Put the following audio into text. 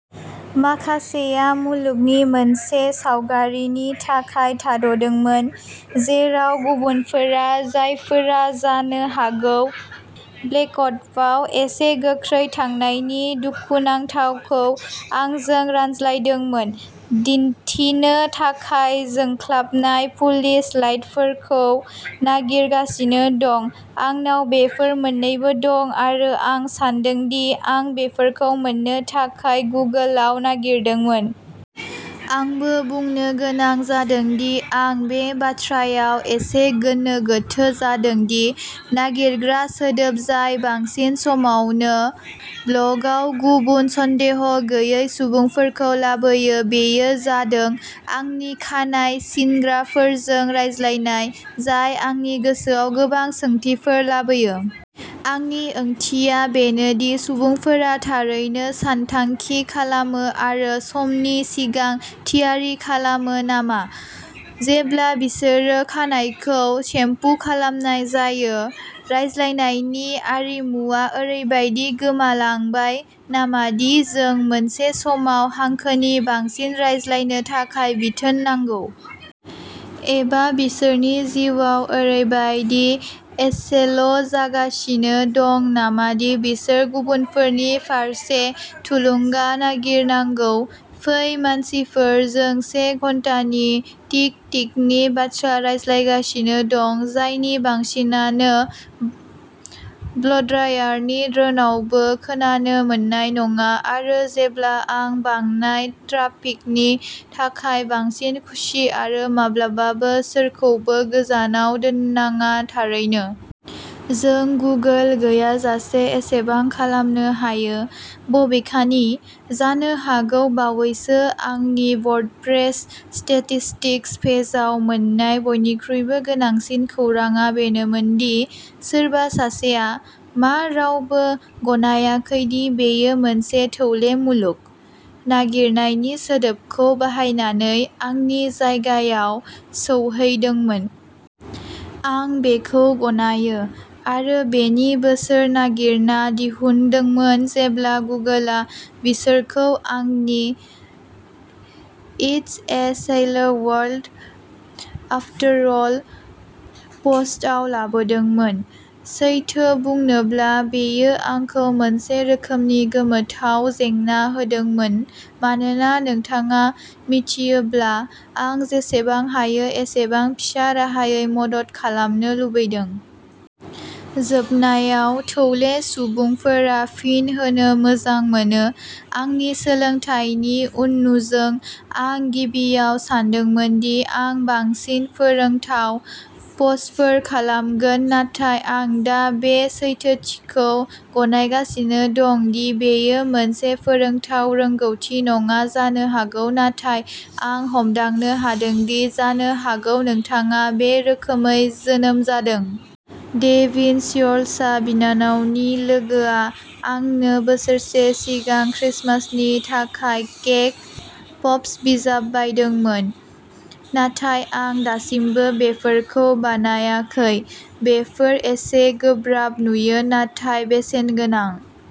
माखासेया मुलुगनि मोनसे सावगारिनि थाखाय थाद'दोंमोन जेराव गुबुनफोरा, जायफोरा जानो हागौ ब्लेकटपआव एसे गोख्रै थांनायनि दुखुनांथावखौ आंजों रानलायदोंमोन, दिन्थिनो थाखाय जोंख्लाबनाय पुलिस लाइटफोरखौ नागिरगासिनो दं। आंनाव बेफोर मोन्नैबो दं आरो आं सान्दों दि आं बेफोरखौ मोननो थाखाय गुगोलआव नागिरदोंमोन। आंबो बुंनो गोनां जादों दि आं बे बाथ्रायाव एसे गोनो गोथो जादों दि नागिरग्रा सोदोब जाय बांसिन समावनो ब्ल'गआव गुबुन सन्देह गैयै सुबुंफोरखौ लाबोयो बेयो जादों "आंनि खानाय सिनग्राफोरजों रायज्लायनाय" जाय आंनि गोसोआव गोबां सोंथिफोर लाबोयो। आंनि ओंथिया बेनो दि सुबुंफोरा थारैनो सानथांखि खालामो आरो समनि सिगां थियारि खालामो नामा, जेब्ला बिसोरनि खानाइखौ सेम्पु खालामनाय जायो? रायज्लायनायनि आरिमुआ ओरैबायदि गोमालांबाय नामा दि जों मोनसे समाव हांखोनि बांसिन रायज्लायनो थाखाय बिथोन नांगौ? एबा बिसोरनि जिउआव ओरैबायदि एसेल'जागासिनो दं नामा दि बिसोर गुबुनफोरनि फारसे थुलुंगा नागिरनांगौ? फै मानसिफोर! जों से घन्टानि चिट चेटनि बाथ्रा रायज्लांगासिनो दं, जायनि बांसिनानो ब्ल'ड्रायारनि ड्रोनआवबो खोनानो मोननाय नङा। आरो जेब्ला आं बांनाय ट्राफिकनि थाखाय बांसिन खुसि आरो माब्लाबाबो सोरखौबो गोजानाव दोन्नाङा, थारैनो। जों गुगोल गैयाजासे एसेबां खालामनो हायो। बबेखानि, जानो हागौ बावैसो आंनि वर्डप्रेस स्टेटिस्टिक्स पेजआव मोन्नाय बयनिख्रुइबो गोनांसिन खौरांआ बेनोमोन दि सोरबा सासेया "मा रावबो गनायाखै दि बेयो मोनसे थौले मुलुग? " नागिरनायनि सोदोबखौ बाहायनानै आंनि जायगायाव सौहैदोंमोन। आं बेखौ गनायो!! आरो बेनो बिसोर नागिरना दिहुनदोंमोन जेब्ला गुगोलआ बिसोरखौ आंनि "it's a shallow world after all" पस्टआव लाबोदोंमोन। सैथो बुंनोब्ला, बेयो आंखौ मोनसे रोखोमनि गोमोथाव जेंना होदोंमोन मानोना नोंथाङा मिथियोब्ला, आं जेसेबां हायो एसेबां फिसा राहायै मदद खालामनो लुबैदों। जोबनायाव, थौले सुबुंफोरा फिन होनो मोजां मोनो। आंनि सोलोंथायनि उननुजों आं गिबियाव सानदोंमोन दि आं बांसिन "फोरोंथाव" पस्टफोर खालामगोन नाथाय आं दा बे सैथोथिखौ गनायगासिनो दं दि बेयो मोनसे "फोरोंथाव" रोंग'थि नङा जानो हागौ नाथाय आं हमदांनो हादों दि जानो हागौ नोंथाङा "बे रोखोमै जोनोम जादों"। डेभिन सियरल्सआ। बिनानावनि लोगोआ आंनो बोसोरसे सिगां क्रिसमासनि थाखाय केक पप्स बिजाब बायदोंमोन, नाथाय आं दासिमबो बेफोरखौ बानायाखै। बेफोर एसे गोब्राब नुयो, नाथाय बेसेनगोनां।